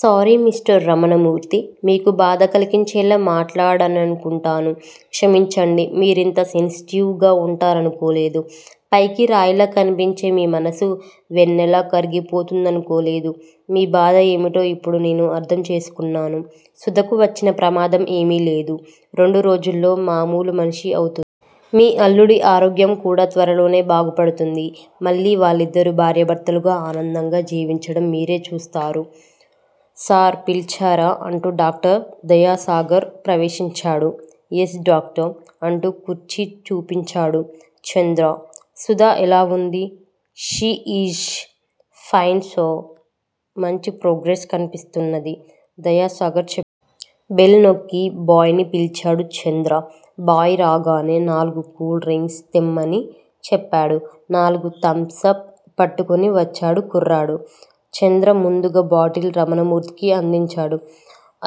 Sorry mister Ramanamurthy! మీకు బాధ కలిగించేలా మాట్లాడాననుకుంటాను. క్షమించండి. మీరింత సెన్సిటివ్ గా ఉంటారనుకోలేదు. పైకి రాయిలా కన్పించే మీ మనసు వెన్నలా కరిగిపోతుందనుకోలేదు. మీ బాధ ఏమిటో ఇప్పుడు నేను అర్ధం చేసుకొన్నాను. సుధకు వచ్చిన ప్రమాదం ఏమీ లేదు. రెండురోజుల్లో మామూలు మనిషి అవుతుంది. మీ అల్లుడి ఆరోగ్యంకూడా త్వరలోనే బాగుపడుతుంది. మళ్ళీ వాళ్ళిద్దరూ భార్యాభర్తలుగా ఆనందంగా జీవించడం మీరే చూస్తారు. సార్! పిలిచారా? అంటూ డాక్టర్ దయాసాగర్ ప్రవేశించాడు. Yes doctor! అంటూ కుర్చీ చూపించాడు చంద్ర. సుధ ఎలా ఉంది? She is fine sir! మంచి ప్రోగ్రెస్ కన్పిస్తున్నది దయాసాగర్ చెప్పాడు. బెల్ నొక్కి బాయ్ ని పిల్చాడు చంద్ర. బాయ్ రాగానే నాలుగు కూల్ డ్రింక్సు తెమ్మని చెప్పాడు. నాలుగు 'థమ్స్ అప్' పట్టుకొని వచ్చాడు కుర్రాడు. చంద్ర ముందుగా బాటిల్ రమణమూర్తికి అందించాడు.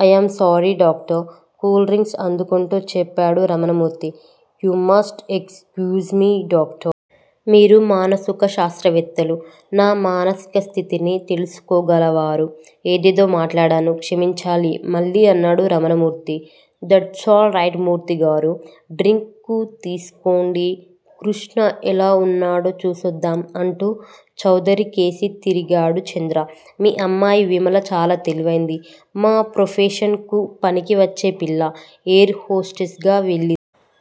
I'm sorry doctor! Cool drinks అందుకొంటూ చెప్పాడు Ramanamurthy. You must excuse me doctor! మీరు మానసుకశాస్త్రవేత్తలు. నా మానసికస్థితిని తెలుసుకోగలవారు. ఏదేదో మాట్లాడాను, క్షమించాలి మళ్ళీ అన్నాడు రమణమూర్తి దట్సాల్ రైట్ మూర్తిగారూ! డ్రింకు తీసుకోండి. కృష్ణ ఎలా ఉన్నాడో చూసొద్దాం! అంటూ చౌదరికేసి తిరిగాడు చంద్ర. మీ అమ్మాయి విమల చాలా తెలివైంది. మా ప్రొఫెషన్ కు పనికి వచ్చే పిల్ల ఎయిర్ హోస్టెస్ గా వెళ్ళింది.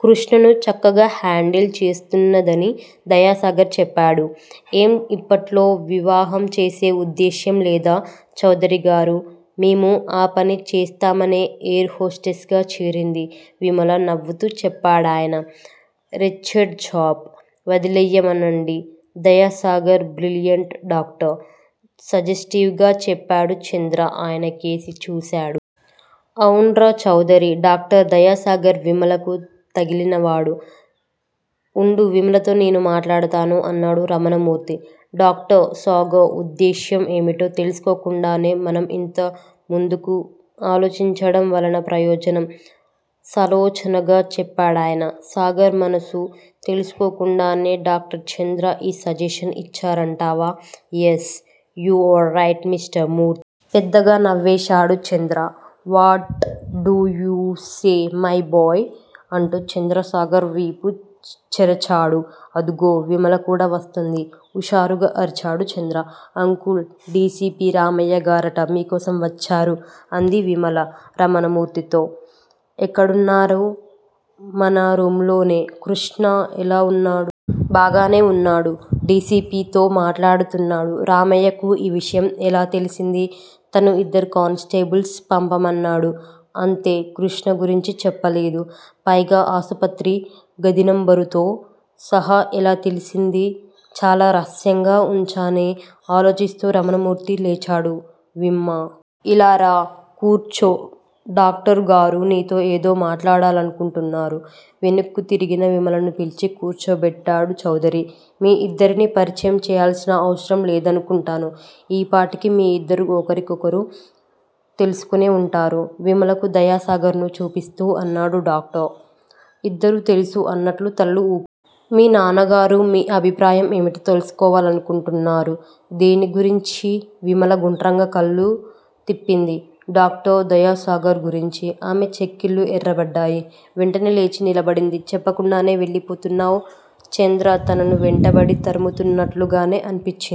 కృష్ణను చక్కగా హాండిల్ చేస్తున్నదని దయాసాగర్ చెప్పాడు. ఏం ఇప్పట్లో వివాహంచేసే ఉద్దేశ్యం లేదా చౌదరిగారూ? మేము ఆ పని చేస్తామనే ఎయిర్ హోస్టెస్ గా చేరింది విమల నవ్వుతూ చెప్పాడాయన. Wretched job. వదిలెయ్యమనండి. Dayasagar brilliant doctor! సజెస్టివ్ గా చెప్పాడు చంద్ర ఆయనకేసి చూశాడు. అవున్రా చౌదరీ! డాక్టర్ దయాసాగర్ విమలకు తగిలినవాడు. ఉండు విమలతో నేను మాట్లాడతాను అన్నాడు రమణమూర్తి. డాక్టర్ సాగర్ ఉద్దేశ్యం ఏమిటో తెలుసుకోకుండానే మనం ఇంతముందుకు ఆలోచించడంవలన ప్రయోజనం? సాలోచనగా చెప్పాడాయన. సాగర్ మనసు తెలుసుకోకుండానే డాక్టర్ చంద్ర ఈ సజెషన్ ఇచ్చారంటావా? Yes! You are right mister Murthy! పెద్దగా నవ్వేశాడు Chandra. What do you say my boy! అంటూ చంద్ర సాగర్ వీపు చరచాడు. అదుగో! విమలకూడా వస్తోంది హుషారుగా అరిచాడు Chandra. Uncle! D. C. P. రామయ్యగారట మీకోసం వచ్చారు అంది విమల రమణమూర్తితో. ఎక్కడున్నారూ? మన రూంలోనే! కృష్ణ ఎలా ఉన్నాడూ? బాగానే ఉన్నాడు. డి. సి. పి. తో మాట్లాడుతున్నాడు. రామయ్యకు ఈ విషయం ఎలా తెలిసింది? తను ఇద్దరు కానిస్టేబుల్స్ పంపమన్నాడు. అంతే! కృష్ణ గురించి చెప్పలేదు. పైగా ఆసుపత్రీ, గదినంబరుతో సహా ఎలా తెలిసిందీ! చాలా రహస్యంగా ఉంచానే? ఆలోచిస్తూ రమణమూర్తి లేచాడు. విమ్మా! ఇలా రా! కూర్చో! డాక్టరు గారు నీతో ఏదో మాట్లాడాలంటున్నారు వెనక్కుతిరిగిన విమలను పిల్చి కూర్చోబెట్టాడు చౌదరి. మీ ఇద్దరినీ పరిచయం చెయ్యాల్సిన అవసరం లేదనుకుంటాను. ఈపాటికి మీ ఇద్దరూ ఒకరినొకరు తెలుసుకొనే ఉంటారు విమలకు దయాసాగర్ ను చూపిస్తూ అన్నాడు డాక్టర్. ఇద్దరూ తెలుసు అన్నట్టు తలలు ఊపారు. మీ నాన్నగారు మీ అభిప్రాయం ఏమిటో తెలుసుకోవాలనుకొంటున్నారు. దేన్నిగురించీ? విమల గుండ్రంగా కళ్ళు తిప్పింది. డాక్టర్ దయాసాగర్ గురించి. ఆమె చెక్కిళ్ళు ఎర్రబడ్డాయి. వెంటనే లేచి నిలబడింది. చెప్పకుండానే వెళ్ళిపోతున్నావ్? చంద్ర తనను వెంటబడి తరుముతున్నట్టుగానే అన్పించింది.